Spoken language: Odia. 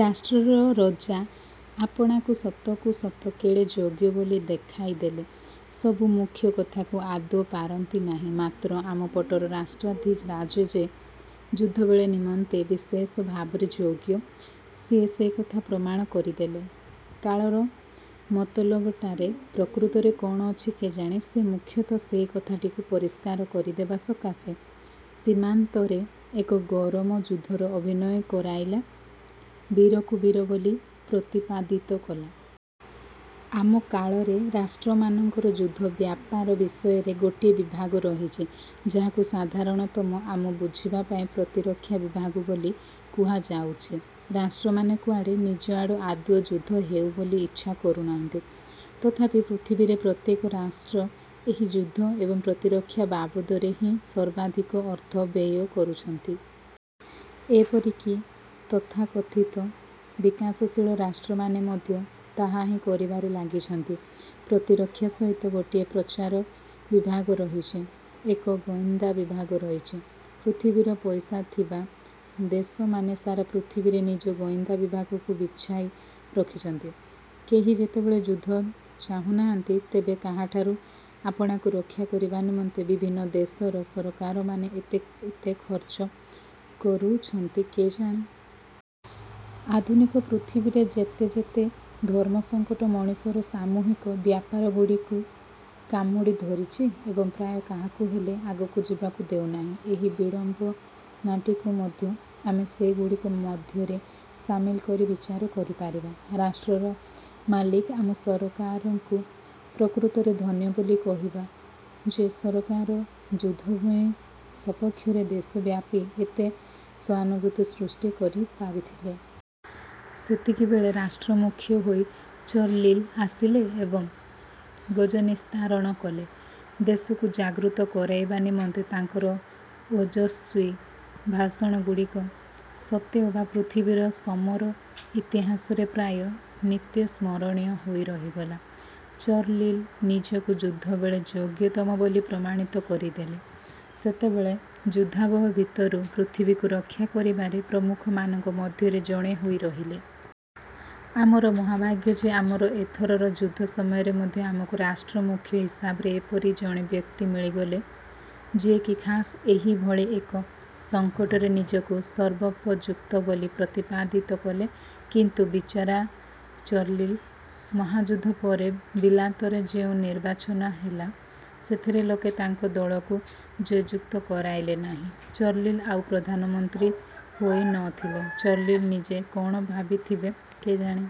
ରାଷ୍ଟ୍ରର ରଜା ଆପଣାକୁ ସତକୁ ସତ କେଡ଼େ ଯୋଗ୍ୟ ବୋଲି ଦେଖାଇଦେଲେ। ସବୁ ମୁଖ୍ୟ କଥାକୁ ଆଦୌ ପାରନ୍ତି ନାହିଁ। ମାତ୍ର ଆମ ପଟର ରାଷ୍ଟ୍ରାଧିରାଜ ଯେ ଯୁଦ୍ଧବେଳେ ନିମନ୍ତେ ବିଶେଷ ଭାବରେ ଯୋଗ୍ୟ, ସିଏ ସେକଥା ପ୍ରମାଣ କରିଦେଲେ। କାଳର ମତଲବଟାରେ ପ୍ରକୃତରେ କଣ ଅଛି କେଜାଣି ସିଏ ମୁଖ୍ୟତଃ ସେହି କଥାଟିକୁ ପରିଷ୍କାର କରିଦେବା ସକାଶେ ସୀମାନ୍ତରେ ଏକ ଗରମ ଯୁଦ୍ଧର ଅଭିନୟ କରାଇଲା, ବୀରକୁ ବୀର ବୋଲି ପ୍ରତିପାଦିତ କଲା। ଆମ କାଳରେ ରାଷ୍ଟ୍ରମାନଙ୍କର ଯୁଦ୍ଧ ବ୍ୟାପାର ବିଷୟରେ ଗୋଟିଏ ବିଭାଗ ରହିଛି, ଯାହାକୁ ସାଧାରଣ ତମ ଆମ ବୁଝିବା ପାଇଁ ପ୍ରତିରକ୍ଷା ବିଭାଗ ବୋଲି କୁହାଯାଉଛି। ରାଷ୍ଟ୍ରମାନେ କୁଆଡ଼େ ନିଜଆଡ଼ୁ ଆଦୌ ଯୁଦ୍ଧ ହେଉ ବୋଲି ଇଚ୍ଛା କରୁନାହାନ୍ତି। ତଥାପି ପୃଥିବୀରେ ପ୍ରତ୍ୟେକ ରାଷ୍ଟ୍ର ଏହି ଯୁଦ୍ଧ ଏବଂ ପ୍ରତିରକ୍ଷା ବାବଦରେ ହିଁ ସର୍ବାଧିକ ଅର୍ଥ ବ୍ୟୟ କରୁଛନ୍ତି। ଏପରିକି ତଥାକଥିତ ବିକାଶଶୀଳ ରାଷ୍ଟ୍ରମାନେ ମଧ୍ୟ ତାହାହିଁ କରିବାରେ ଲାଗିଛନ୍ତି। ପ୍ରତିରକ୍ଷା ସହିତ ଗୋଟିଏ ପ୍ରଚାର ବିଭାଗ ରହିଛି, ଏକ ଗୋଇନ୍ଦା ବିଭାଗ ରହିଛି। ପୃଥିବୀର ପଇସାଥିବା ଦେଶମାନେ ସାରା ପୃଥିବୀରେ ନିଜ ଗୋଇନ୍ଦା ବିଭାଗକୁ ବିଛାଇ ରଖିଛନ୍ତି। କେହି ଯେତେବେଳେ ଯୁଦ୍ଧ ଚାହୁନାହାନ୍ତି, ତେବେ କାହାଠାରୁ ଆପଣାକୁ ରକ୍ଷା କରିବା ନିମନ୍ତେ ବିଭିନ୍ନ ଦେଶର ସରକାରମାନେ ଏତେ ଏତେ ଖର୍ଚ୍ଚ କରୁଛନ୍ତି କେଜାଣି? ଆଧୁନିକ ପୃଥିବୀରେ ଯେତେ ଯେତେ ଧର୍ମସଂକଟ ମଣିଷର ସାମୂହିକ ବ୍ୟାପାରଗୁଡ଼ିକୁ କାମୁଡ଼ି ଧରିଛି ଏବଂ ପ୍ରାୟ କାହାକୁ ହେଲେ ଆଗକୁ ଯିବାକୁ ଦେଉନାହିଁ, ଏହି ବିଡ଼ମ୍ବନାଟିକୁ ମଧ୍ୟ ଆମେ ସେଗୁଡ଼ିକ ମଧ୍ୟରେ ସାମିଲ କରି ବିଚାର କରିପାରିବା। ରାଷ୍ଟ୍ରର ମାଲିକ ଆମ ସରକାରଙ୍କୁ ପ୍ରକୃତରେ ଧନ୍ୟ ବୋଲି କହିବା ଯେ ସରକାର ଯୁଦ୍ଧଭୂଇଁ ସପକ୍ଷରେ ଦେଶବ୍ୟାପୀ ଏତେ ସହାନୁଭୂତି ସୃଷ୍ଟି କରି ପାରିଥିଲେ। ସେତିକିବେଳେ ରାଷ୍ଟ୍ରମୁଖ୍ୟ ହୋଇ ଚର୍ଲି ଆସିଲେ ଏବଂ ଗଜନିସ୍ତାରଣ କଲେ। ଦେଶକୁ ଜାଗୃତ କରାଇବା ନିମନ୍ତେ ତାଙ୍କର ଓଜସ୍ୱୀ ଭାଷଣଗୁଡ଼ିକ ସତେଅବା ପୃଥିବୀର ସମର ଇତିହାସରେ ପ୍ରାୟ ନିତ୍ୟସ୍ମରଣୀୟ ହୋଇ ରହିଗଲା। ଚର୍ଲି ନିଜକୁ ଯୁଦ୍ଧବେଳେ ଯୋଗ୍ୟତମ ବୋଲି ପ୍ରମାଣିତ କରିଦେଲେ। ସେତେବେଳର ଯୁଦ୍ଧାବହ ଭିତରୁ ପୃଥିବୀକୁ ରକ୍ଷା କରିବାରେ ପ୍ରମୁଖମାନଙ୍କ ମଧ୍ୟରେ ଜଣେ ହୋଇ ରହିଲେ। ଆମର ମହାଭାଗ୍ୟ ଯେ ଆମର ଏଥରର ଯୁଦ୍ଧ ସମୟରେ ମଧ୍ୟ ଆମକୁ ରାଷ୍ଟ୍ରମୁଖ୍ୟ ହିସାବରେ ଏପରି ଜଣେ ବ୍ୟକ୍ତି ମିଳିଗଲେ ଯିଏକି ଖାସ୍ ଏହିଭଳି ଏକ ସଂକଟରେ ନିଜକୁ ସର୍ବୋପଯୁକ୍ତ ବୋଲି ପ୍ରତିପାଦିତ କଲେ କିନ୍ତୁ ବିଚରା ଚର୍ଲି । ମହାଯୁଦ୍ଧ ପରେ ବିଲାତରେ ଯେଉଁ ନିର୍ବାଚନ ହେଲା, ସେଥିରେ ଲୋକେ ତାଙ୍କ ଦଳକୁ ଜୟଯୁକ୍ତ କରାଇଲେ ନାହିଁ। ଚର୍ଲିଲ ଆଉ ପ୍ରଧାନମନ୍ତ୍ରୀ ହୋଇନଥିଲେ। ଚର୍ଲିଲ ନିଜେ କଣ ଭାବିଥିବେ କେଜାଣି,